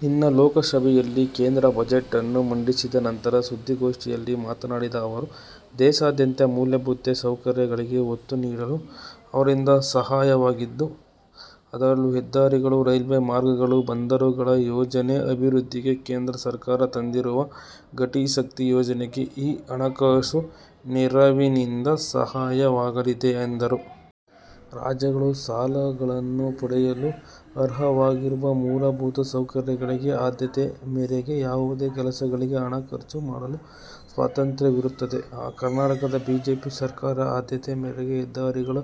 ನಿನ್ನೆ ಲೋಕಸಭೆಯಲ್ಲಿ ಕೇಂದ್ರ ಬಜೆಟ್- ನ್ನು ಮಂಡಿಸಿದ ನಂತರ ಸುದ್ದಿಗೋಷ್ಠಿಯಲ್ಲಿ ಮಾತನಾಡಿದ ಅವರು, ದೇಶಾದ್ಯಂತ ಮೂಲಭೂತ ಸೌಕರ್ಯಗಳಿಗೆ ಒತ್ತು ನೀಡಲು ಇದರಿಂದ ಸಹಾಯವಾಗಲಿದ್ದು, ಅದರಲ್ಲೂ ಹೆದ್ದಾರಿಗಳು, ರೈಲ್ವೆ ಮಾರ್ಗಗಳು, ಬಂದರುಗಳ ಯೋಜನೆ ಅಭಿವೃದ್ಧಿಗೆ ಕೇಂದ್ರ ಸರ್ಕಾರ ತಂದಿರುವ ಘಟಿ ಶಕ್ತಿ ಯೋಜನೆಗಳಿಗೆ ಈ ಹಣಕಾಸು ನೆರವಿನಿಂದ ಸಹಾಯವಾಗಲಿದೆ ಎಂದರು. ರಾಜ್ಯಗಳು ಸಾಲಗಳನ್ನು ಪಡೆಯಲು ಅರ್ಹವಾಗಿರುವಾಗ ಮೂಲಭೂತ ಸೌಕರ್ಯಗಳಿಗೆ ಆದ್ಯತೆ ಮೇರೆಗೆ ಯಾವುದೇ ಕೆಲಸಗಳಿಗೆ ಹಣ ಖರ್ಚು ಮಾಡಲು ಸ್ವಾತಂತ್ರ್ಯವಿರುತ್ತದೆ. ಕರ್ನಾಟಕದ ಬಿಜೆಪಿ ಸರ್ಕಾರ ಆದ್ಯತೆ ಮೇರೆಗೆ ಹೆದ್ದಾರಿಗಳ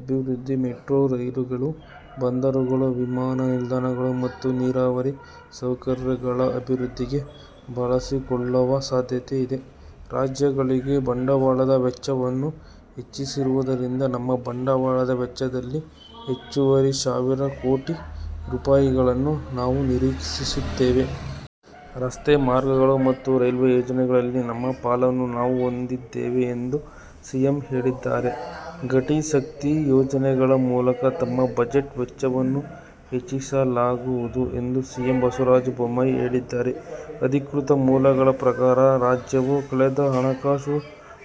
ಅಭಿವೃದ್ಧಿ, ಮೆಟ್ರೊ ರೈಲುಗಳು, ಬಂದರುಗಳು, ವಿಮಾನ ನಿಲ್ದಾಣಗಳು ಮತ್ತು ನೀರಾವರಿ ಸೌಕರ್ಯಗಳ ಅಭಿವೃದ್ಧಿಗೆ ಬಳಸಿಕೊಳ್ಳುವ ಸಾಧ್ಯತೆಯಿದೆ. ರಾಜ್ಯಗಳಿಗೆ ಬಂಡವಾಳದ ವೆಚ್ಚವನ್ನು ಹೆಚ್ಚಿಸಿರುವುದರಿಂದ, ನಮ್ಮ ಬಂಡವಾಳದ ವೆಚ್ಚದಲ್ಲಿ ಹೆಚ್ಚುವರಿ ಸಾವಿರ ಕೋಟಿ ರೂಪಾಯಿಗಳನ್ನು ನಾವು ನಿರೀಕ್ಷಿಸುತ್ತೇವೆ. ರಸ್ತೆ ಮಾರ್ಗಗಳು ಮತ್ತು ರೈಲ್ವೆ ಯೋಜನೆಗಳಲ್ಲಿ ನಮ್ಮ ಪಾಲನ್ನು ನಾವು ಹೊಂದಿದ್ದೇವೆ ಎಂದು ಸಿಎಂ ಹೇಳಿದ್ದಾರೆ. ಘಟಿ ಶಕ್ತಿ ಯೋಜನೆಗಳ ಮೂಲಕ ತಮ್ಮ ಬಜೆಟ್ ವೆಚ್ಚವನ್ನು ಹೆಚ್ಚಿಸಲಾಗುವುದು ಎಂದು ಸಿಎಂ ಬಸವರಾಜ ಬೊಮ್ಮಾಯಿ ಹೇಳಿದ್ದಾರೆ. ಅಧಿಕೃತ ಮೂಲಗಳ ಪ್ರಕಾರ, ರಾಜ್ಯವು ಕಳೆದ ಹಣಕಾಸು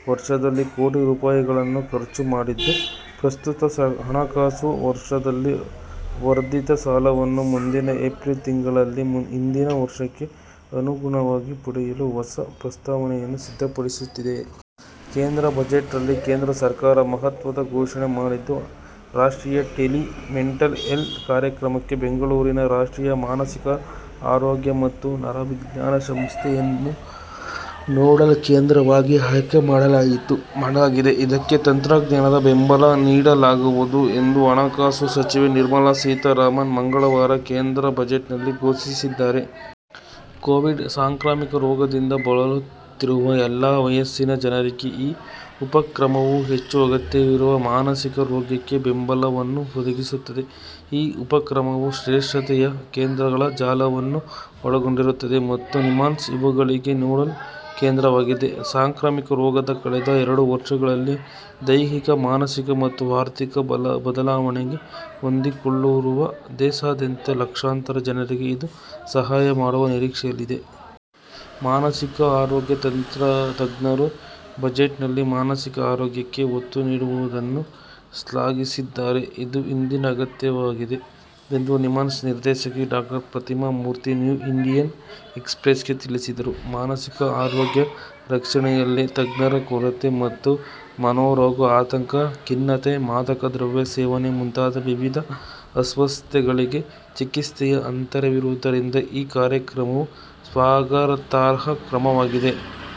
ವರ್ಷದಲ್ಲಿ ಕೋಟಿ ರೂಪಾಯಿಗಳನ್ನು ಖರ್ಚು ಮಾಡಿದ್ದು ಪ್ರಸಕ್ತ ಹಣಕಾಸು ವರ್ಷದಲ್ಲಿ ವರ್ಧಿತ ಸಾಲವನ್ನು ಮುಂದಿನ ಏಪ್ರಿಲ್ ತಿಂಗಳಲ್ಲಿ ಹಿಂದಿನ ವರ್ಷಕ್ಕೆ ಅನುಗುಣವಾಗಿ ಪಡೆಯಲು ಹೊಸ ಪ್ರಸ್ತಾವನೆಯನ್ನು ಸಿದ್ಧಪಡಿಸುತ್ತಿದೆ. ಕೇಂದ್ರ ಬಜೆಟ್ ರಲ್ಲಿ ಕೇಂದ್ರ ಸರ್ಕಾರ ಮಹತ್ವದ ಘೋಷಣೆ ಮಾಡಿದ್ದು, ರಾಷ್ಟ್ರೀಯ ಟೆಲಿ ಮೆಂಟಲ್ ಹೆಲ್ತ್ ಕಾರ್ಯಕ್ರಮಕ್ಕೆ ಬೆಂಗಳೂರಿನ ರಾಷ್ಟ್ರೀಯ ಮಾನಸಿಕ ಆರೋಗ್ಯ ಮತ್ತು ನರವಿಜ್ಞಾನ ಸಂಸ್ಥೆ ಯನ್ನು ನೋಡಲ್ ಕೇಂದ್ರವಾಗಿ ಆಯ್ಕೆ ಮಾಡಲಾಗಿದೆ. ಇದಕ್ಕೆ ತಂತ್ರಜ್ಞಾನದ ಬೆಂಬಲ ನೀಡಲಾಗುವುದು ಎಂದು ಹಣಕಾಸು ಸಚಿವೆ ನಿರ್ಮಲಾ ಸೀತಾರಾಮನ್ ಮಂಗಳವಾರ ಕೇಂದ್ರ ಬಜೆಟ್ನಲ್ಲಿ ಘೋಷಿಸಿದ್ದಾರೆ. ಕೋವಿಡ್ ಸಾಂಕ್ರಾಮಿಕ ರೋಗದಿಂದ ಬಳಲುತ್ತಿರುವ ಎಲ್ಲಾ ವಯಸ್ಸಿನ ಜನರಿಗೆ ಈ ಉಪಕ್ರಮವು ಹೆಚ್ಚು ಅಗತ್ಯವಿರುವ ಮಾನಸಿಕ ಆರೋಗ್ಯ ಬೆಂಬಲವನ್ನು ಒದಗಿಸುತ್ತದೆ. ಈ ಉಪಕ್ರಮವು ಶ್ರೇಷ್ಠತೆಯ ಕೇಂದ್ರಗಳ ಜಾಲವನ್ನು ಒಳಗೊಂಡಿರುತ್ತದೆ ಮತ್ತು ನಿಮ್ಹಾನ್ಸ್ ಇವುಗಳಿಗೆ ನೋಡಲ್ ಕೇಂದ್ರವಾಗಿದೆ. ಸಾಂಕ್ರಾಮಿಕ ರೋಗದ ಕಳೆದ ಎರಡು ವರ್ಷಗಳಲ್ಲಿ ದೈಹಿಕ, ಮಾನಸಿಕ ಮತ್ತು ಆರ್ಥಿಕ ಬದಲಾವಣೆಗಳಿಗೆ ಹೊಂದಿಕೊಳ್ಳುತ್ತಿರುವ ದೇಶಾದ್ಯಂತ ಲಕ್ಷಾಂತರ ಜನರಿಗೆ ಇದು ಸಹಾಯ ಮಾಡುವ ನಿರೀಕ್ಷೆಯಿದೆ. ಮಾನಸಿಕ ಆರೋಗ್ಯ ತಜ್ಞರು ಬಜೆಟ್ನಲ್ಲಿ ಮಾನಸಿಕ ಆರೋಗ್ಯಕ್ಕೆ ಒತ್ತು ನೀಡಿರುವುದನ್ನು ಶ್ಲಾಘಿಸಿದ್ದಾರೆ. ಇದು ಇಂದಿನ ಅಗತ್ಯವಾಗಿದೆ ಎಂದು ನಿಮ್ಹಾನ್ಸ್ ನಿರ್ದೇಶಕಿ ಡಾ ಪ್ರತಿಮಾ ಮೂರ್ತಿ ನ್ಯೂ ಇಂಡಿಯನ್ ಎಕ್ಸ್ಪ್ರೆಸ್ಗೆ ತಿಳಿಸಿದರು, 'ಮಾನಸಿಕ ಆರೋಗ್ಯ ರಕ್ಷಣೆಯಲ್ಲಿ ತಜ್ಞರ ಕೊರತೆ ಮತ್ತು ಮನೋರೋಗ, ಆತಂಕ, ಖಿನ್ನತೆ, ಮಾದಕ ದ್ರವ್ಯ ಸೇವನೆ ಮುಂತಾದ ವಿವಿಧ ಅಸ್ವಸ್ಥತೆಗಳಿಗೆ ಚಿಕಿತ್ಸೆಯ ಅಂತರವಿರುವುದರಿಂದ ಈ ಕಾರ್ಯಕ್ರಮವು ಸ್ವಾಗತಾರ್ಹ ಕ್ರಮವಾಗಿದೆ.